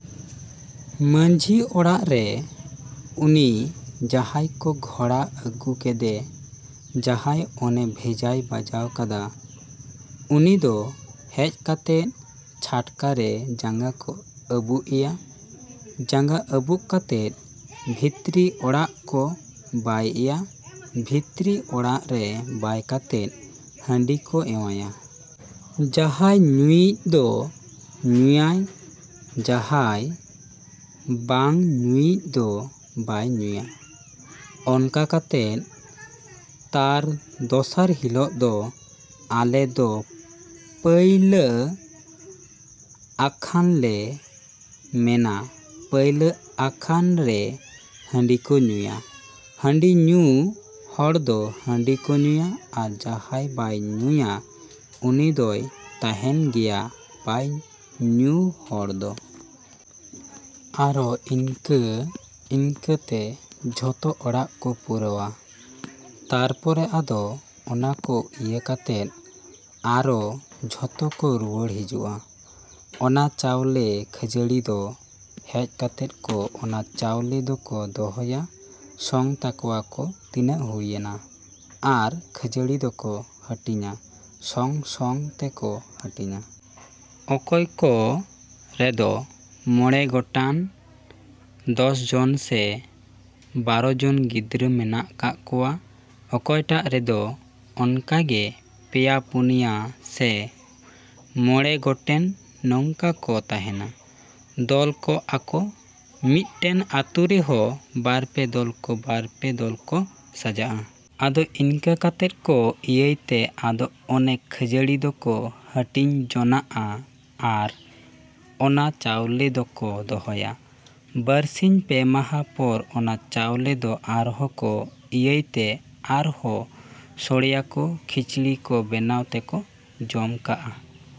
ᱢᱟᱹᱡᱷᱤ ᱚᱲᱟᱜ ᱨᱮ ᱩᱱᱤ ᱡᱟᱦᱟᱸᱭ ᱠᱚ ᱜᱷᱚᱲᱟ ᱟᱹᱜᱩ ᱠᱮᱫᱮ ᱡᱟᱦᱟᱸᱭ ᱚᱱᱮ ᱵᱷᱮᱡᱟᱭ ᱵᱟᱡᱟᱣ ᱠᱟᱫᱟ ᱩᱱᱤ ᱫᱚ ᱦᱮᱡ ᱠᱟᱛᱮᱫ ᱪᱷᱟᱴᱠᱟᱨᱮ ᱡᱟᱸᱜᱟ ᱠᱚ ᱟᱹᱵᱩᱠ ᱮᱭᱟ᱾ ᱡᱟᱸᱜᱟ ᱟᱹᱵᱩᱠ ᱠᱟᱛᱮᱫ ᱵᱷᱤᱛᱨᱤ ᱚᱲᱟᱜ ᱠᱚ ᱵᱟᱭᱮᱭᱟ᱾ ᱵᱷᱤᱛᱤᱨ ᱚᱲᱟᱜ ᱨᱮ ᱵᱟᱭ ᱠᱟᱛᱮᱫ ᱦᱟᱺᱰᱤ ᱠᱚ ᱮᱢᱟᱭᱟ᱾ ᱡᱟᱦᱟᱸᱭ ᱧᱩᱭᱤᱡ ᱫᱚ ᱧᱩᱭᱟᱭ ᱡᱟᱦᱟᱸᱭ ᱵᱟᱝ ᱧᱩᱭᱤᱡ ᱫᱚ ᱵᱟᱭ ᱧᱩᱭᱟ᱾ ᱚᱱᱠᱟ ᱠᱟᱛᱮᱫ ᱛᱟᱨ ᱫᱚᱥᱟᱨ ᱦᱤᱞᱚᱜ ᱫᱚ ᱟᱞᱮ ᱫᱚ ᱯᱟᱹᱭᱞᱟᱹ ᱟᱠᱷᱟᱱᱞᱮ ᱢᱮᱱᱟ ᱯᱟᱹᱭᱞᱟᱹ ᱟᱠᱷᱟᱱ ᱨᱮ ᱦᱟᱺᱰᱤ ᱠᱚ ᱧᱩᱭᱟ᱾ ᱦᱟᱺᱰᱤ ᱧᱩ ᱦᱚᱲ ᱫᱚ ᱦᱟᱺᱰᱤ ᱠᱚ ᱧᱩᱭᱟ ᱟᱨ ᱡᱟᱦᱟᱸᱭ ᱵᱟᱭ ᱧᱩᱭᱟ ᱩᱱᱤ ᱫᱚᱭ ᱛᱟᱦᱮᱱ ᱜᱮᱭᱟ ᱵᱟᱭ ᱧᱩ ᱦᱚᱲ ᱫᱚ᱾ ᱟᱨᱚ ᱤᱱᱠᱟᱹ ᱤᱱᱠᱟᱹ ᱛᱮ ᱡᱷᱚᱛᱚ ᱚᱲᱟᱜ ᱠᱚ ᱯᱩᱨᱟᱹᱣᱟ᱾ ᱛᱟᱨᱯᱚᱨᱮ ᱟᱫᱚ ᱚᱱᱟ ᱠᱚ ᱤᱭᱟᱹ ᱠᱟᱛᱮᱫ ᱟᱨᱚ ᱡᱷᱚᱛᱚ ᱠᱚ ᱨᱩᱣᱟᱹᱲ ᱦᱤᱡᱩᱜᱼᱟ᱾ ᱚᱱᱟ ᱪᱟᱣᱞᱮ ᱠᱷᱟᱹᱡᱟᱹᱲᱤ ᱫᱚ ᱦᱮᱡ ᱠᱟᱛᱮᱫ ᱠᱚ ᱚᱱᱟ ᱪᱟᱣᱞᱮ ᱫᱚᱠᱚ ᱫᱚᱦᱚᱭᱟ ᱥᱚᱝ ᱛᱟᱠᱚᱣᱟᱠᱚ ᱛᱤᱱᱟᱹᱜ ᱦᱩᱭᱱᱟ ᱟᱨ ᱠᱷᱟᱹᱡᱟᱹᱲᱤ ᱫᱚᱠᱚ ᱦᱟᱹᱴᱤᱧᱟ ᱥᱚᱝᱼᱥᱚᱝ ᱛᱮᱠᱚ ᱦᱟᱹᱴᱤᱧᱟ᱾ ᱚᱠᱚᱭ ᱠᱚ ᱨᱮᱫᱚ ᱢᱚᱬᱮ ᱜᱚᱴᱟᱱ ᱫᱚᱥ ᱡᱚᱱ ᱥᱮ ᱵᱟᱨᱚ ᱡᱚᱱ ᱜᱤᱫᱽᱨᱟᱹ ᱢᱮᱱᱟᱜ ᱠᱟᱜ ᱠᱚᱣᱟ ᱚᱠᱚᱭᱴᱟᱜ ᱨᱮᱫᱚ ᱚᱱᱠᱟᱜᱮ ᱯᱮᱭᱟ ᱯᱩᱱᱭᱟ ᱥᱮ ᱢᱚᱬᱮ ᱜᱚᱴᱮᱱ ᱱᱚᱝᱠᱟ ᱠᱚ ᱛᱟᱦᱮᱱᱟ᱾ ᱫᱚᱞ ᱠᱚᱜᱼᱟᱠᱚ ᱢᱤᱫᱴᱮᱱ ᱟᱹᱛᱩ ᱨᱮᱦᱚᱸ ᱵᱟᱨᱯᱮ ᱫᱚᱞ ᱠᱚ ᱵᱟᱨ ᱯᱮ ᱫᱚᱞ ᱠᱚ ᱥᱟᱡᱟᱜᱼᱟ᱾ ᱟᱫᱚ ᱤᱱᱠᱟᱹ ᱠᱟᱛᱮᱫ ᱠᱚ ᱤᱭᱟᱹᱭ ᱛᱮ ᱟᱫᱚ ᱚᱱᱮ ᱠᱷᱟᱹᱡᱟᱲᱤ ᱫᱚᱠᱚ ᱦᱟᱹᱴᱤᱧ ᱡᱚᱱᱟᱜᱼᱟ ᱟᱨ ᱚᱱᱟ ᱪᱟᱣᱞᱮ ᱫᱚᱠᱚ ᱫᱚᱦᱚᱭᱟ᱾ ᱵᱟᱨᱥᱤᱧ ᱯᱮ ᱢᱟᱦᱟ ᱯᱚᱨ ᱚᱱᱟ ᱪᱟᱣᱞᱮ ᱫᱚ ᱟᱨᱦᱚᱸ ᱠᱚ ᱤᱭᱟᱹᱭ ᱛᱮ ᱟᱨᱦᱚᱸ ᱥᱳᱲᱮᱭᱟᱠᱚ ᱠᱷᱤᱪᱲᱤ ᱠᱚ ᱵᱮᱱᱟᱣ ᱛᱮᱠᱚ ᱡᱚᱢ ᱠᱟᱜᱼᱟ᱾